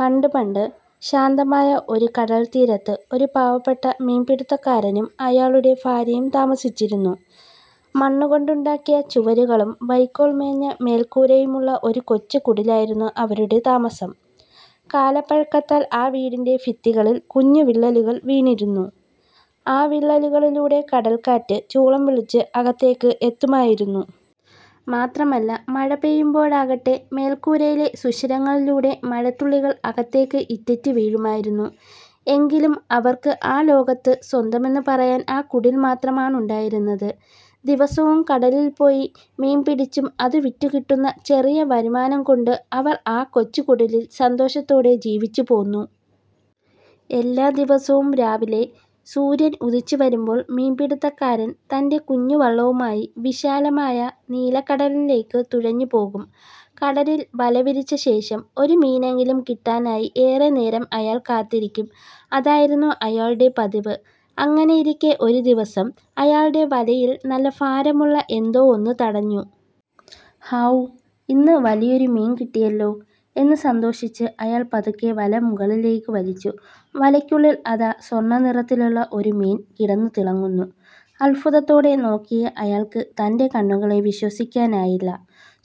പണ്ട് പണ്ട്, ശാന്തമായ ഒരു കടൽത്തീരത്ത് ഒരു പാവപ്പെട്ട മീൻപിടുത്തക്കാരനും അയാളുടെ ഭാര്യയും താമസിച്ചിരുന്നു. മണ്ണു കൊണ്ടുണ്ടാക്കിയ ചുവരുകളും വൈക്കോൽ മേഞ്ഞ മേൽക്കൂരയുമുള്ള ഒരു കൊച്ചു കുടിലിലായിരുന്നു അവരുടെ താമസം. കാലപ്പഴക്കത്താൽ ആ വീടിന്റെ ഭിത്തികളിൽ കുഞ്ഞു വിള്ളലുകൾ വീണിരുന്നു. ആ വിള്ളലുകളിലൂടെ കടൽക്കാറ്റ് ചൂളംവിളിച്ചു അകത്തേക്ക് എത്തുമായിരുന്നു. മാത്രമല്ല മഴ പെയ്യുമ്പോഴാകട്ടെ, മേൽക്കൂരയിലെ സുഷിരങ്ങളിലൂടെ മഴത്തുള്ളികൾ അകത്തേക്ക് ഇറ്റിറ്റു വീഴുമായിരുന്നു. എങ്കിലും, അവർക്ക് ആ ലോകത്ത് സ്വന്തമെന്ന് പറയാൻ ആ കുടിൽ മാത്രമാണുണ്ടായിരുന്നത്. ദിവസവും കടലിൽ പോയി മീൻ പിടിച്ചും, അത് വിറ്റു കിട്ടുന്ന ചെറിയ വരുമാനം കൊണ്ട് അവർ ആ കൊച്ചു കുടിലിൽ സന്തോഷത്തോടെ ജീവിച്ചു പോന്നു. എല്ലാ ദിവസവും രാവിലെ, സൂര്യൻ ഉദിച്ചു വരുമ്പോൾ മീൻപിടിത്തക്കാരൻ തന്റെ കുഞ്ഞു വള്ളവുമായി വിശാലമായ നീലക്കടലിലേക്ക് തുഴഞ്ഞു പോകും. കടലിൽ വല വിരിച്ച ശേഷം ഒരു മീനെങ്കിലും കിട്ടാനായി ഏറെ നേരം അയാൾ കാത്തിരിക്കും. അതായിരുന്നു അയാളുടെ പതിവ്. അങ്ങനെയിരിക്കെ ഒരു ദിവസം, അയാളുടെ വലയിൽ നല്ല ഭാരമുള്ള എന്തോ ഒന്ന് തടഞ്ഞു. "ഹാവൂ, ഇന്ന് വലിയൊരു മീൻ കിട്ടിയല്ലോ! " എന്ന് സന്തോഷിച്ച് അയാൾ പതുക്കെ വല മുകളിലേക്ക് വലിച്ചു. വലയ്ക്കുള്ളിൽ അതാ സ്വർണ്ണനിറത്തിലുള്ള ഒരു മീൻ കിടന്ന് തിളങ്ങുന്നു! അത്ഭുതത്തോടെ നോക്കിയ അയാൾക്ക് തന്റെ കണ്ണുകളെ വിശ്വസിക്കാനായില്ല.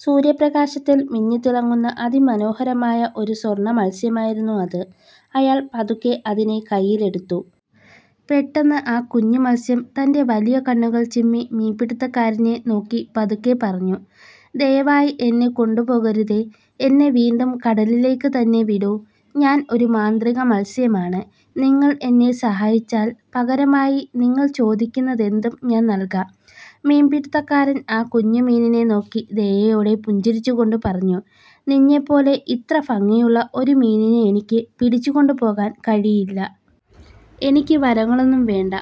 സൂര്യപ്രകാശത്തിൽ മിന്നിത്തിളങ്ങുന്ന അതിമനോഹരമായ ഒരു സ്വർണ്ണമത്സ്യമായിരുന്നു അത്. അയാൾ പതുക്കെ അതിനെ കൈയിലെടുത്തു. പെട്ടെന്ന് ആ കുഞ്ഞു മത്സ്യം തന്റെ വലിയ കണ്ണുകൾ ചിമ്മി മീൻപിടിത്തക്കാരനെ നോക്കി പതുക്കെ പറഞ്ഞു: "ദയവായി എന്നെ കൊണ്ടുപോകരുതേ! എന്നെ വീണ്ടും കടലിലേക്ക് തന്നെ വിടൂ. ഞാൻ ഒരു മാന്ത്രിക മത്സ്യമാണ്. നിങ്ങൾ എന്നെ സഹായിച്ചാൽ, പകരമായി നിങ്ങൾ ചോദിക്കുന്നതെന്തും ഞാൻ നൽകാം! " മീൻപിടിത്തക്കാരൻ ആ കുഞ്ഞു മീനിനെ നോക്കി ദയയോടെ പുഞ്ചിരിച്ചുകൊണ്ട് പറഞ്ഞു: "നിന്നെപ്പോലെ ഇത്ര ഭംഗിയുള്ള ഒരു മീനിനെ എനിക്ക് പിടിച്ചു കൊണ്ടുപോകാൻ കഴിയില്ല. എനിക്ക് വരങ്ങളൊന്നും വേണ്ട,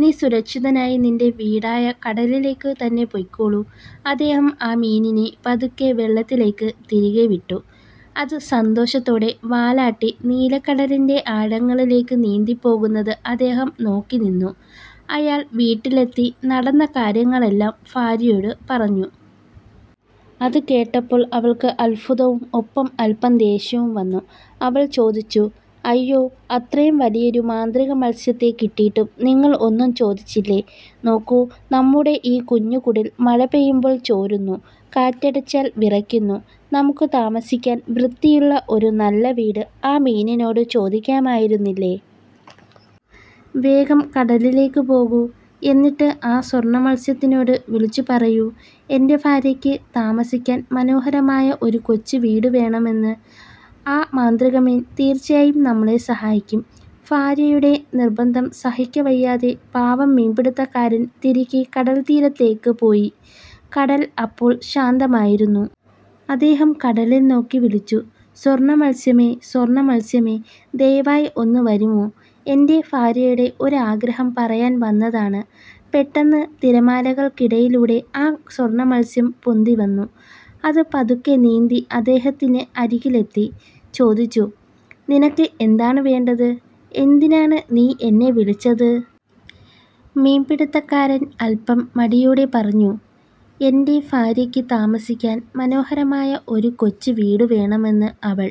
നീ സുരക്ഷിതനായി നിന്റെ വീടായ കടലിലേക്ക് തന്നെ പൊയ്ക്കോളൂ. " അദ്ദേഹം ആ മീനിനെ പതുക്കെ വെള്ളത്തിലേക്ക് തിരികെ വിട്ടു. അത് സന്തോഷത്തോടെ വാലാട്ടി നീലക്കടലിന്റെ ആഴങ്ങളിലേക്ക് നീന്തിപ്പോകുന്നത് അദ്ദേഹം നോക്കി നിന്നു. അയാൾ വീട്ടിലെത്തി നടന്ന കാര്യങ്ങളെല്ലാം ഭാര്യയോട് പറഞ്ഞു. അത് കേട്ടപ്പോൾ അവൾക്ക് അത്ഭുതവും ഒപ്പം അല്പം ദേഷ്യവും വന്നു. അവൾ ചോദിച്ചു "അയ്യോ! അത്രയും വലിയൊരു മാന്ത്രിക മത്സ്യത്തെ കിട്ടിയിട്ടും നിങ്ങൾ ഒന്നും ചോദിച്ചില്ലേ? നോക്കൂ, നമ്മുടെ ഈ കുഞ്ഞു കുടിൽ മഴ പെയ്യുമ്പോൾ ചോരുന്നു, കാറ്റടിച്ചാൽ വിറയ്ക്കുന്നു. നമുക്ക് താമസിക്കാൻ വൃത്തിയുള്ള ഒരു നല്ല വീട് ആ മീനിനോട് ചോദിക്കാമായിരുന്നില്ലേ? വേഗം കടലിലേക്ക് പോകൂ. എന്നിട്ട് ആ സ്വർണ്ണമത്സ്യത്തിനോട് വിളിച്ചു പറയൂ: എന്റെ ഭാര്യയ്ക്ക് താമസിക്കാൻ മനോഹരമായ ഒരു കൊച്ചു വീട് വേണം എന്ന്. ആ മാന്ത്രിക മീൻ തീർച്ചയായും നമ്മളെ സഹായിക്കും! " ഭാര്യയുടെ നിർബന്ധം സഹിക്കവയ്യാതെ പാവം മീൻപിടിത്തക്കാരൻ തിരികെ കടൽത്തീരത്തേക്ക് പോയി. കടൽ അപ്പോൾ ശാന്തമായിരുന്നു. അദ്ദേഹം കടലിൽ നോക്കി വിളിച്ചു "സ്വർണ്ണമത്സ്യമേ, സ്വർണ്ണമത്സ്യമേ, ദയവായി ഒന്ന് വരുമോ? എന്റെ ഭാര്യയുടെ ഒരു ആഗ്രഹം പറയാൻ വന്നതാണ്. " പെട്ടെന്ന്, തിരമാലകൾക്കിടയിലൂടെ ആ സ്വർണ്ണമത്സ്യം പൊന്തിവന്നു. അത് പതുക്കെ നീന്തി അദ്ദേഹത്തിന് അരികിലെത്തി ചോദിച്ചു: "നിനക്ക് എന്താണ് വേണ്ടത്? എന്തിനാണ് നീ എന്നെ വിളിച്ചത്? " മീൻപിടിത്തക്കാരൻ അല്പം മടിയോടെ പറഞ്ഞു: "എന്റെ ഭാര്യയ്ക്ക് താമസിക്കാൻ മനോഹരമായ ഒരു കൊച്ചു വീട് വേണം എന്ന് അവൾ